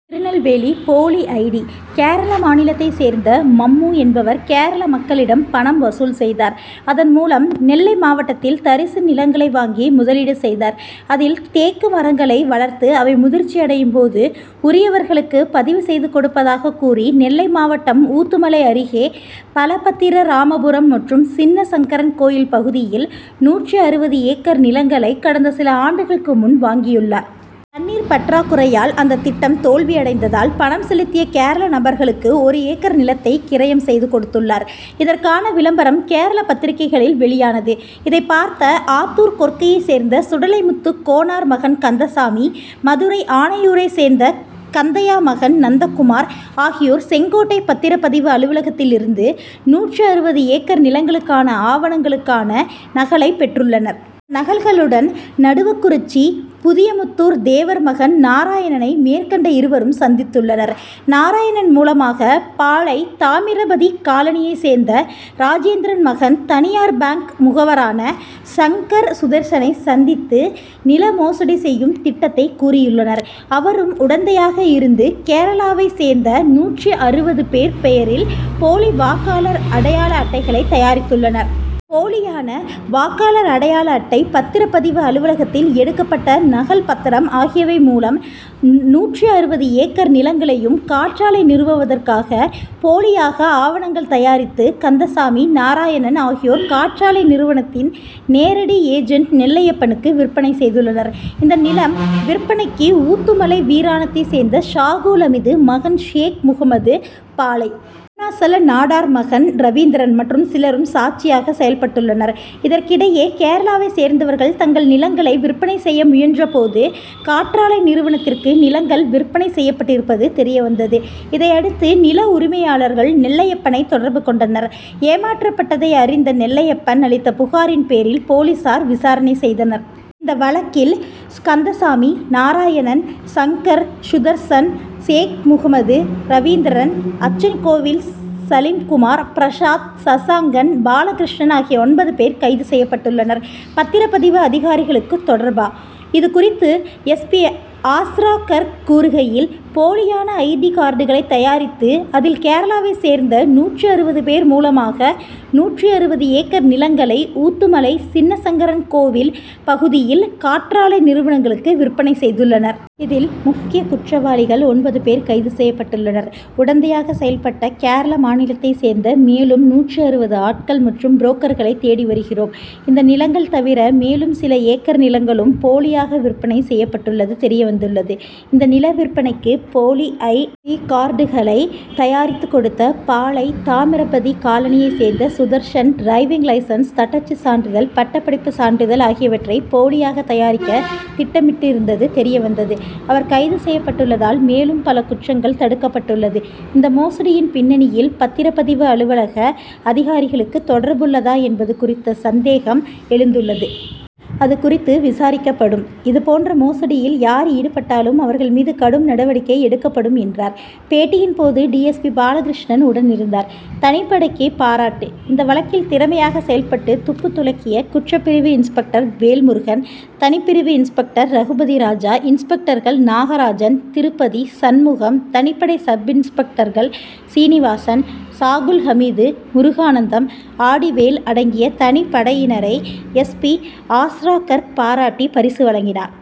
திருநெல்வேலி போலி I. T. Kerala மாநிலத்தை சேர்ந்த மம்மு என்பவர் கேரள மக்களிடம் பணம் வசூல் செய்தார். அதன் மூலம் நெல்லை மாவட்டத்தில் தரிசு நிலங்களை வாங்கி முதலீடு செய்தார். அதில் தேக்கு மரங்களை வளர்த்து அவை முதிர்ச்சி அடையும் போது உரியவர்களுக்கு பதிவு செய்து கொடுப்பதாக கூறி நெல்லை மாவட்டம் ஊத்துமலை அருகே பலபத்திரராமபுரம் மற்றும் சின்னசங்கரன்கோவில் பகுதியில் நூற்று அறுபது ஏக்கர் நிலங்களை கடந்த சில ஆண்டுகளுக்கு முன் வாங்கியுள்ளார். தண்ணீர் பற்றாக்குறையால் அந்த திட்டம் தோல்வியடைந்ததால் பணம் செலுத்திய கேரள நபர்களுக்கு ஒரு ஏக்கர் நிலத்தை கிரையம் செய்து கொடுத்துள்ளார். இதற்கான விளம்பரம் கேரள பத்திரிகைகளில் வெளியானது. இதைப்பார்த்த ஆத்தூர் கொற்கையை சேர்ந்த சுடலைமுத்து கோனார் மகன் கந்தசாமி, மதுரை ஆனையூரைச் சேர்ந்த கந்தையா மகன் நந்தகுமார் ஆகியோர் செங்கோட்டை பத்திரப்பதிவு அலுவலகத்தில் இருந்து நூற்று அறுபது ஏக்கர் நிலங்களுக்கான ஆவணங்களுக்கான நகலை பெற்றுள்ளனர். நகல்களுடன் நடுவக்குறிச்சி புதியமுத்தூர் தேவர் மகன் நாராயணனை மேற்கண்ட இருவரும் சந்தித்துள்ளனர். நாராயணன் மூலமாக பாளை. தாமிரபதி காலனியை சேர்ந்த ராஜேந்திரன் மகன் தனியார் பாங்க் முகவரான சங்கர் சுதர்ஸனை சந்தித்து, நில மோசடி செய்யும் திட்டத்தை கூறியுள்ளனர். அவரும் உடந்தையாக இருந்து கேரளாவை சேர்ந்த நூற்று அறுபது பேர் பெயரில் போலி வாக்காளர் அடையாள அட்டைகளை தயாரித்துள்ளனர். போலியான வாக்காளர் அடையாள அட்டை, பத்திரப்பதிவு அலுவலகத்தில் எடுக்கப்பட்ட நகல் பத்திரம் ஆகியவை மூலம் நூற்று அறுபது ஏக்கர் நிலங்களையும் காற்றாலை நிறுவுவதற்காக போலியாக ஆவணங்கள் தயாரித்து கந்தசாமி, நாராயணன் ஆகியோர் காற்றாலை நிறுவனத்தின் நேரடி ஏஜென்ட் நெல்லையப்பனுக்கு விற்பனை செய்துள்ளனர். இந்த நிலம் விற்பனைக்கு ஊத்துமலை வீராணத்தை சேர்ந்த சாகுல் ஹமீது மகன் ஷேக் முகம்மது, பாளை. அருணாசலநாடார் மகன் ரவீந்திரன் மற்றும் சிலரும் சாட்சியாக செயல்பட்டுள்ளனர். இதற்கிடையே கேரளாவை சேர்ந்தவர்கள் தங்கள் நிலங்களை விற்பனை செய்ய முயன்ற போது காற்றாலை நிறுவனத்திற்கு நிலங்கள் விற்பனை செய்யப்பட்டிருப்பது தெரியவந்தது. இதையடுத்து நில உரிமையாளர்கள் நெல்லையப்பனை தொடர்பு கொண்டனர். ஏமாற்றப்பட்டதை அறிந்த நெல்லையப்பன் அளித்த புகாரின் பேரில் போலீசார் விசாரணை செய்தனர். இந்த வழக்கில் கந்தசாமி, நாராயணன், சங்கர் சுதர்ஸன், சேக்முகம்மது, ரவீந்திரன், அச்சன்கோவில் சலீம்குமார், பிரசாத், சசாங்கன், பாலகிருஷ்ணன் ஆகிய ஒன்பது பேர் கைது செய்யப்பட்டுள்ளனர். பத்திரப்பதிவு அதிகாரிகளுக்கு தொடர்பா! இதுகுறித்து எஸ். பி. ஆஸ்ராகர்க் கூறுகையில், போலியான ஐ. டி. கார்டுகளை தயாரித்து அதில் கேரளாவை சேர்ந்த நூற்று அறுபது பேர் மூலமாக நூற்று அறுபது ஏக்கர் நிலங்களை ஊத்துமலை, சின்னசங்கரன்கோவில் பகுதியில் காற்றாலை நிறுவனங்களுக்கு விற்பனை செய்துள்ளனர். இதில் முக்கிய குற்றவாளிகள் ஒன்பது பேர் கைது செய்யப்பட்டுள்ளனர். உடந்தையாக செயல்பட்ட கேரள மாநிலத்தை சேர்ந்த மேலும் நூற்று அறுபது ஆட்கள் மற்றும் புரோக்கர்களை தேடி வருகிறோம். இந்த நிலங்கள் தவிர மேலும் சில ஏக்கர் நிலங்களும் போலியாக விற்பனை செய்யப்பட்டுள்ளது தெரியவந்துள்ளது. இந்த நில விற்பனைக்கு போலி ஐ. டி. கார்டுகளை தயாரித்து கொடுத்த பாளை. தாமிரபதி காலனியை சேர்ந்த சுதர்ஸன் டிரைவிங் லைசென்ஸ், தட்டச்சு சான்றிதழ், பட்டப்படிப்பு சான்றிதழ் ஆகியவற்றை போலியாக தயாரிக்க திட்டமிட்டிருந்தது தெரியவந்தது. அவர் கைது செய்யப்பட்டுள்ளதால் மேலும் பல குற்றங்கள் தடுக்கப்பட்டுள்ளது. இந்த மோசடியின் பின்னணியில் பத்திரப்பதிவு அலுவலக அதிகாரிகளுக்கு தொடர்புள்ளதா என்பது குறித்து சந்தேகம் எழுந்துள்ளது. அதுகுறித்து விசாரிக்கப்படும். இதுபோன்ற மோசடியில் யார் ஈடுபட்டாலும் அவர்கள் மீது கடும் நடவடிக்கை எடுக்கப்படும் என்றார். பேட்டியின் போது டி. எஸ். பி. பாலகிருஷ்ணன் உடனிருந்தார். தனிப்படைக்கு பாராட்டு இந்த வழக்கில் திறமையாக செயல்பட்டு துப்புதுலக்கிய குற்றப்பிரிவு இன்ஸ்பெக்டர் வேல்முருகன், தனிப்பிரிவு இன்ஸ்பெக்டர் ரகுபதிராஜா, இன்ஸ்பெக்டர்கள் நாகராஜன், திருப்பதி, சண்முகம், தனிப்படை சப்-இன்ஸ்பெக்டர்கள் சீனிவாசன், சாகுல்ஹமீது, முருகானந்தம், ஆடிவேல் அடங்கிய தனிப்படையினரை எஸ். பி. ஆஸ்ராகர்க் பாராட்டி பரிசு வழங்கினார்.